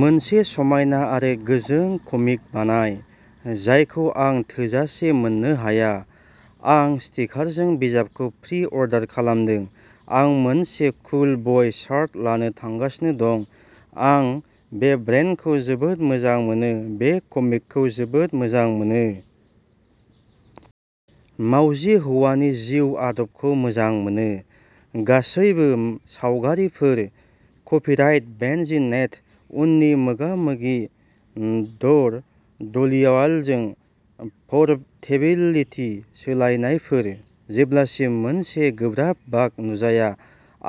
मोनसे समायना आरो गोजों कमिक बानाय जायखौ आं थोजासे मोननो हाया। आं स्टिकारजों बिजाबखौ प्रि-अर्डार खालामदों। आं मोनसे "कुल बय" शार्ट लानो थांगासिनो दं। आं बे ब्रेन्डखौ जोबोद मोजां मोनो। बे कमिकखौ जोबोद मोजां मोनो। मावजि हौवानि जिउ आदबखौ मोजां मोनो। गासैबो सावगारिफोर कपिराइट बेनजि नेट। उननि मोगा-मोगि न्दर धलिवालजों परटेबिलिटि सोलायनायफोर जेब्लासिम मोनसे गोब्राब बाग नुजाया।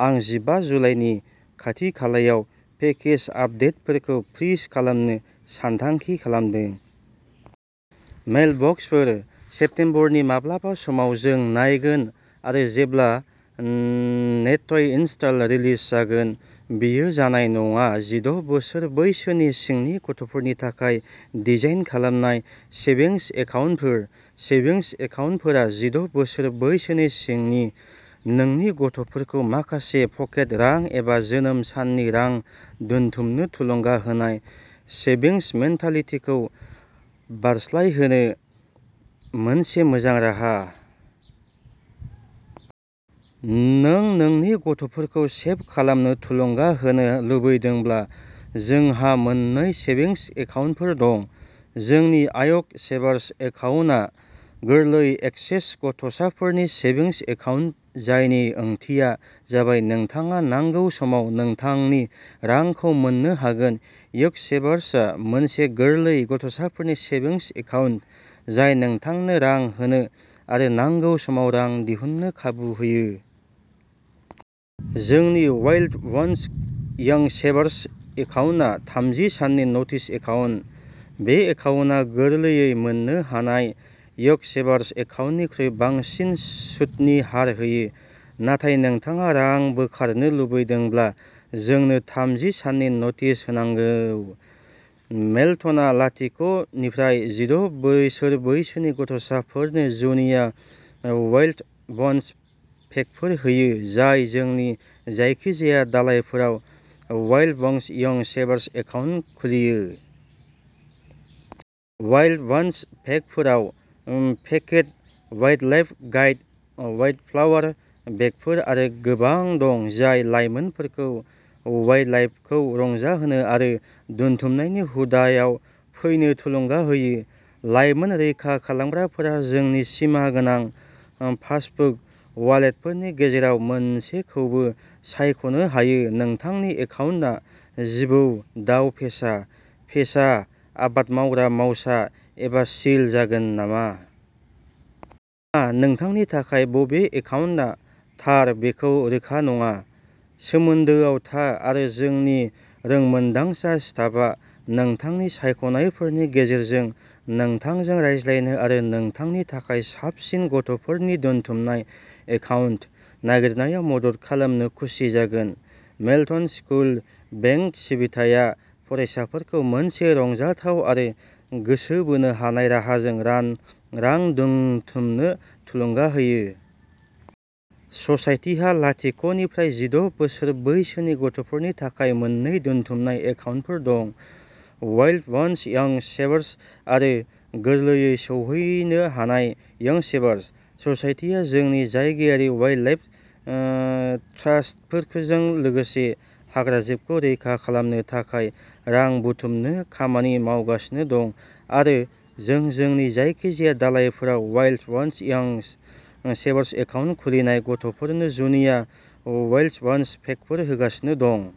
आं जिबा जुलाइनि खाथि खालायाव पेकेज आपदेटफोरखौ फ्रिज खालामनो सानथांखि खालामदों। मेलबक्सफोर "सेप्तेम्बरनि माब्लाबा समाव" जों नायगोन आरो जेब्ला नेटइनस्टलआ रिलिज जागोन बेयो जानाय नङा जिद' बोसोर बैसोनि सिंनि गथ'फोरनि थाखाय डिजाइन खालामनाय सेभिंस एकाउन्टफोर। सेभिंस एकाउन्टफोरा जिद' बोसोर बैसोनि सिंनि। नोंनि गथ'फोरखौ माखासे पकेट रां एबा जोनोम साननि रां दोनथुमनो थुलुंगा होनाय "सेभिंस मेन्टालिटी" खौ बारस्लायहोनो मोनसे मोजां राहा। नों नोंनि गथ'फोरखौ सेभ खालामनो थुलुंगा होनो लुबैदोंब्ला जोंहा मोननै सेभिंस एकाउन्टफोर दं। जोंनि यांग सेभारस एकाउन्टआ गोरलै एक्सेस गथ'साफोरनि सेभिंस एकाउन्ट जायनि ओंथिया जाबाय नोंथाङा नांगौ समाव नोंथांनि रांखौ मोन्नो हागोन। यांग सेभारसआ मोनसे गोरलै गथ'साफोरनि सेभिंस एकाउन्ट जाय नोंथांनो रां होनो आरो नांगौ समाव रां दिहुननो खाबु होयो। जोंनि वाइल्ड वन्स यंग सेभारस एकाउन्टआ थामजि साननि नोटिस एकाउन्ट। बे एकाउन्टआ गोरलैयै मोननो हानाय यांग सेभारस एकाउन्टनिख्रुइ बांसिन सुतनि हार होयो। नाथाय नोंथाङा रां बोखारनो लुबैदोंब्ला जोंनो थामजि साननि नोटिस होनांगौ। मेल्टनआ लाथिख निफ्राय जिद' बोसोर बैसोनि गथ'साफोरनो जुनिया वाइल्ड वन्स पेकफोर होयो जाय जोंनि जायखिजाया दालायफोराव Wild Ones Young Savers account खुलियो। वाइल्ड वन्स पेकफोराव पकेट वाइल्डलाइफ गाइड, वाइल्डफ्लावर बेगरफोर आरो गोबां दं जाय लाइमोनफोरखौ वाइल्डलाइफखौ रंजानो आरो दोनथुमनायनि हुदाआव फैनो थुलुंगा होयो। लाइमोन रैखा खालामग्राफोरा जोंनि सिमा गोनां पासबुक वालेटफोरनि गेजेराव मोनसेखौबो सायख'नो हायो नोंथांनि एकाउन्टआ जिबौ, दाव, सेसा, फेसा, आबाद मावग्रा माउसा एबा सिल जागोन नामा? मा नोंथांनि थाखाय बबे एकाउन्टआ थार बेखौ रोखा नङा? सोमोन्दोआव था आरो जोंनि रोंमोन्दांसा स्टाफा नोंथांनि सायख'नायफोरनि गेजेरजों नोंथांजों रायज्लायनो आरो नोंथांनि थाखाय साबसिन गथ'फोरनि दोनथुमनाय एकाउन्ट नागिरनायाव मदद खालामनो खुसि जागोन। मेल्टन स्कुल बेंक सिबिथाया फरायसाफोरखौ मोनसे रंजाथाव आरो गोसो बोनो हानाय राहाजों रां दोनथुमनो थुलुंगा होयो। ससाइटिहा लाथिख निफ्राय जिद' बोसोर बैसोनि गथ'फोरनि थाखाय मोन्नै दोनथुमनाय एकाउन्टफोर दं। वाइल्ड वन्स यंग सेवर्स आरो गोरलैयै सौहैनो हानाय यंग सेवर्स। ससाइटिआ जोंनि जायगायारि वाइल्डलाइफ ओ ट्रास्टफोरजों लोगोसे हाग्राजिबखौ रैखा खालामनो थाखाय रां बुथुमनो खामानि मावगासिनो दं आरो जों जोंनि जायखिजाया दालायफोराव Wild Ones Young Savers account खुलिनाय गथ'फोरनो जुनिया वाइल्ड वन्स पेकफोर होगासिनो दं।